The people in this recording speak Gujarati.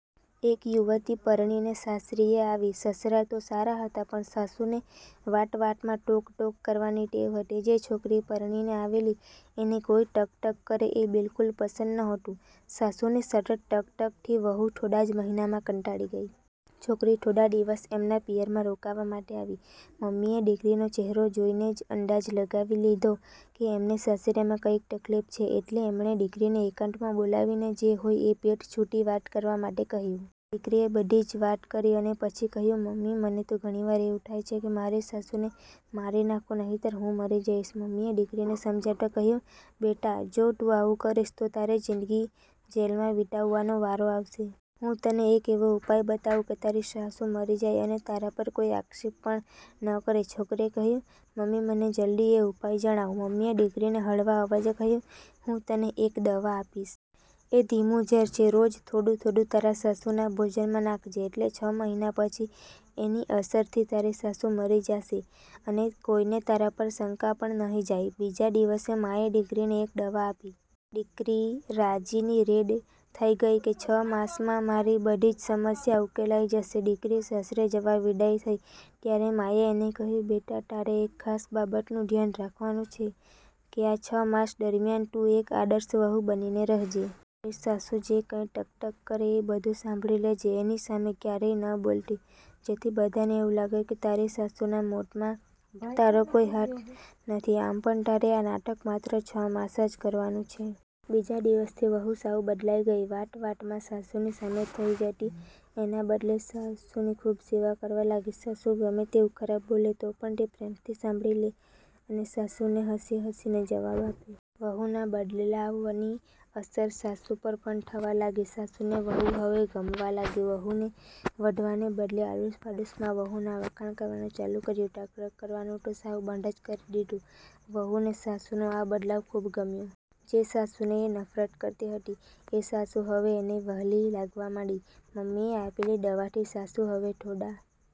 એક યુવતી પરણીને સાસરીએ આવી. સસરા તો સારા હતા પણ સાસુને વાત વાતમાં ટોક ટોક કરવાની ટેવ હતી. જે છોકરી પરણીને આવેલી એને કોઇ ટક ટક કરે એ બીલકુલ પસંદ નહોતું. સાસુની સતત ટક ટકથી વહુ થોડા જ મહીનામાં કંટાળી ગઇ. છોકરી થોડા દિવસ એમના પિયરમાં રોકાવા માટે આવી. મમ્મીએ દિકરીનો ચહેરો જોઇને જ અંદાજ લગાવી લીધો કે એમને સાસરીયામાં કંઇક તકલીફ છે એટલે એમણે દિકરીને એકાંતમાં બોલાવીને જે હોય એ પેટ છુટી વાત કરવા માટે કહ્યુ. દિકરીએ બધી જ વાત કરી અને પછી કહ્યુ, મમ્મી મને તો ઘણીવાર એવું થાય છે કે મારી સાસુને મારી નાંખુ નહીતર હું મરી જઇશ. મમ્મીએ દિકરીને સમજાવતા કહ્યુ, બેટા. જો તું આવુ કરીશ તો તારે જીંદગી જેલમાં વિતાવવનો વારો આવશે. હું તને એક એવો ઉપાય બતાવું કે તારી સાસુ મરી જાય અને તારા પર કોઇ આક્ષેપ પણ ન કરે. છોકરીએ કહ્યુ, મમ્મી મને જલદી એ ઉપાય જણાવ. મમ્મીએ દિકરીને હળવા અવાજે કહ્યુ, હું તને એક દવા આપીશ. એ ધીમુ ઝેર છે. રોજ થોડું થોડું તારા સાસુના ભોજનમાં નાંખજે એટલે છ મહીના પછી એની અસરથી તારી સાસુ મરી જાશે અને કોઇને તારા પર શંકા પણ નહી જાય. બીજા દિવસે માએ દિકરીને એક દવા આપી. દિકરી રાજીની રેડ થઇ ગઇ કે છ માસમાં મારી બધી જ સમસ્યા ઉકેલાઇ જશે. દિકરી સાસરે જવા વિદાઇ થઇ ત્યારે માએ એને કહ્યુ, બેટા, તારે એક ખાસ બાબતનું ધ્યાન રાખવાનું છે કે આ છ માસ દરમ્યાન તું એક આદર્શ વહુ બનીને રહેજે. તારી સાસુ જે કંઇ ટક ટક કરે એ બધુ સાંભળી લે જે એની સામે ક્યારેય ન બોલતી જેથી બધાને એવું લાગે કે તારી સાસુના મોતમાં તારો કોઇ હાથ નથી. આમ પણ તારે આ નાટક માત્ર છ માસ જ કરવાનું છે. બીજા દિવસથી વહુ સાવ બદલાઇ ગઇ. વાત વાતમાં સાસુની સામે થઇ જતી એના બદલે સાસુની ખુબ સેવા કરવા લાગી. સાસુ ગમે તેવુ ખરાબ બોલે તો પણ તે પ્રેમથી સાંભળી લે અને સાસુને હસી હસીને જવાબ આપે. વહુના બદલાવની અસર સાસુ પર પણ થવા લાગી. સાસુને વહુ હવે ગમવા લાગી. વહુને વઢવાને બદલે આડોશ પાડોશમાં વહુના વખાણ કરવાનું ચાલુ કર્યુ. ટક ટક કરવાનું તો સાવ બંધ જ કરી દીધુ. વહુને સાસુનો આ બદલાવ બહુ ગમ્યો. જે સાસુને એ નફરત કરતી હતી એ સાસુ હવે એને વહાલી લાગવા માંડી. મમ્મીએ આપેલી દવાથી સાસુ હવે થોડા